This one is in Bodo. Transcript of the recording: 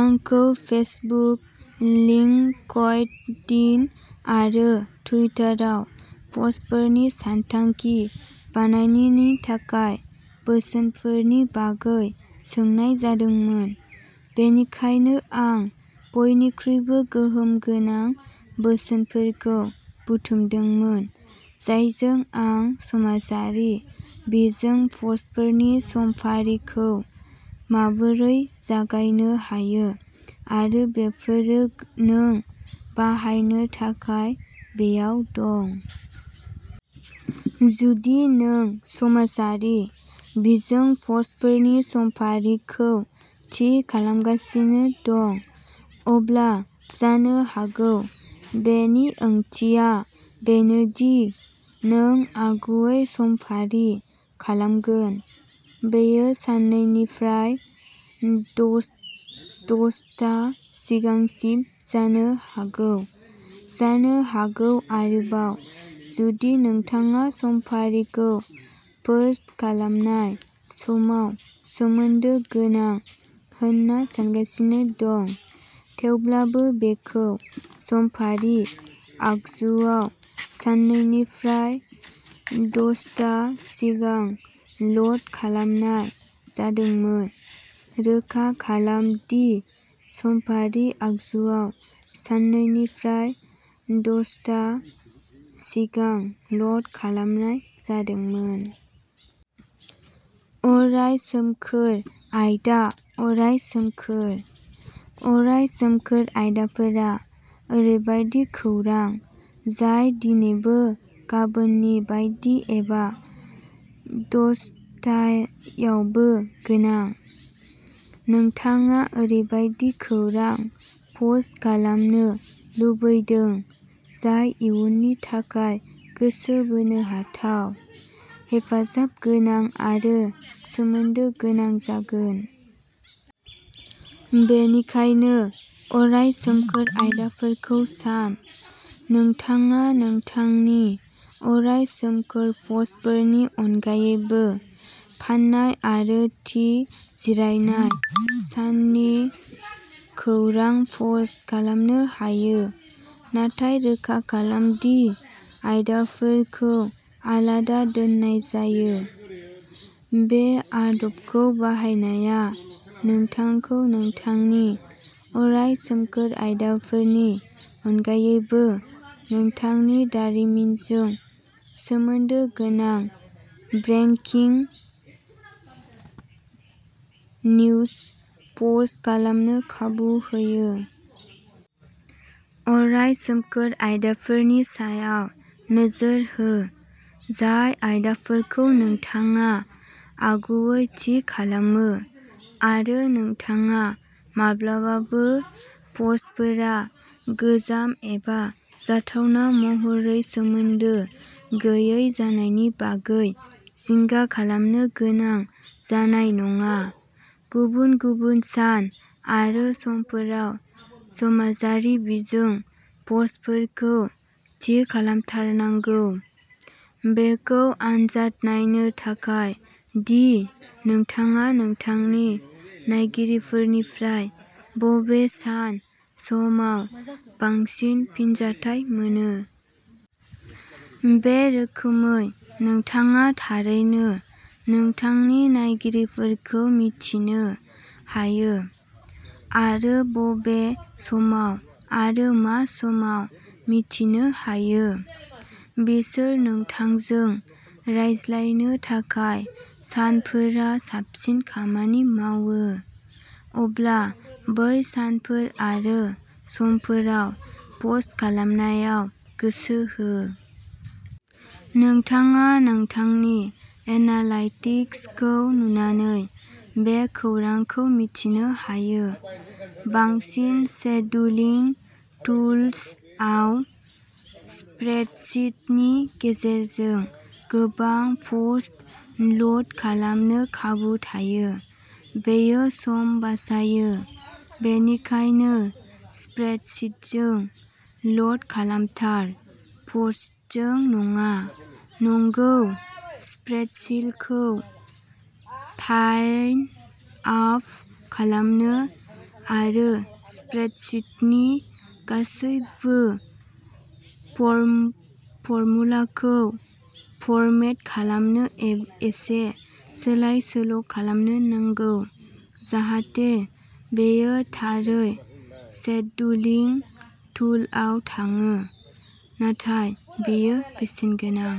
आंखौ फेसबुक, लिंकडइन आरो टुइटाराव पस्टफोरनि सानथांखि बानायनायनि थाखाय बोसोनफोरनि बागै सोंनाय जादोंमोन, बेनिखायनो आं बयनिख्रुइबो गोहोम गोनां बोसोनफोरखौ बुथुमदोंमोन, जायजों आं समाजारि बिजों पस्टफोरनि समफारिखौ माबोरै जागायनो हायो, आरो बेफोरो नों बाहायनो थाखाय बेयाव दं। जुदि नों समाजारि बिजों पस्टफोरनि समफारिखौ थि खालामगासिनो दं, अब्ला जानो हागौ बेनि ओंथिया बेनो दि नों आगुयै समफारि खालामगोन। बेयो साननैनिफ्राय द'सप्ता सिगांसिम जानो हागौ, जानो हागौ आरोबाव। जुदि नोंथाङा समफारिखौ पोस्ट खालामनाय समाव सोमोन्दो गोनां होनना सान्गासिनो दं, थेवब्लाबो बेखौ समफारि आगजुआव साननैनिफ्राय द'सप्ता सिगां ल'ड खालामनाय जादोंमोन, रोखा खालाम दि समफारि आगजुआव साननैनिफ्राय द'सप्ता सिगां ल'ड खालामनाय जादोंमोन। अराय सोमखोर आयदा अराय सोमखोर। अराय सोमखोर आयदाफोरा ओरैबायदि खौरां जाय दिनैबो गाबोननि बायदि एबा द'सप्तायावबो गोनां। नोंथाङा ओरैबायदि खौरां पस्ट खालामनो लुबैदों जाय इयुननि थाखाय गोसो बोनो हाथाव, हेफाजाब गोनां आरो सोमोन्दो गोनां जागोन। बेनिखायनो, अराय सोमखोर आयदाफोरखौ सान। नोंथाङा नोंथांनि अराय सोमखोर पस्टफोरनि अनगायैबो फान्नाय आरो थि जिरायनाय साननि खौरां पस्ट खालामनो हायो, नाथाय रोखा खालाम दि आयदाफोरखौ आलादा दोननाय जायो। बे आदबखौ बाहायनाया नोंथांखौ नोंथांनि अराय सोमखोर आयदाफोरनि अनगायैबो नोंथांनि दारिमिनजों सोमोन्दो गोनां ब्रेकिं निउज पस्ट खालामनो खाबु होयो। अराय सोमखोर आयदाफोरनि सायाव नोजोर हो, जाय आयदाफोरखौ नोंथाङा आगुयै थि खालामो, आरो नोंथाङा माब्लाबाबो पस्टफोरा गोजाम एबा जाथावना महरै सोमोन्दो गैयै जानायनि बागै जिंगा खालामनो गोनां जानाय नङा। गुबुन-गुबुन सान आरो समफोराव समाजारि बिजों पस्टफोरखौ थि खालामथारनांगौ, बेखौ आनजाद नायनो थाखाय दि नोंथाङा नोंथांनि नायगिरिफोरनिफ्राय बबे सान/समाव बांसिन फिनजाथाय मोनो। बे रोखोमै, नोंथाङा थारैनो नोंथांनि नायगिरिफोरखौ मिन्थिनो हायो आरो बबे समाव आरो मा समाव मिथिनो हायो। बिसोर नोंथांजों रायज्लायनो थाखाय सानफोरा साबसिन खामानि मावो। अब्ला बै सानफोर आरो समफोराव पस्ट खालामनायाव गोसो हो। नोंथाङा नोंथांनि एनालाइटिक्सखौ नुनानै बे खौरांखौ मिथिनो हायो। बांसिन सेडुउलिं टुल्स आव स्प्रेडशीटनि गेजेरजों गोबां पस्ट ल'ड खालामनो खाबु थायो। बेयो सम बासायो, बेनिखायनो स्प्रेडशीटजों ल'ड खालामथार, पस्टजों नङा। नंगौ, स्प्रेडशीटखौ लाइन आप खालामनो आरो स्प्रेडशीटनि गासैबो फर्मुलाखौ फरमेट खालामनो एसे सोलाय-सोल'खालामनो नांगौ, जाहाथे बेयो थारै सेडुउलिं टुलआव थाङो, नाथाय बेयो बेसेनगोनां।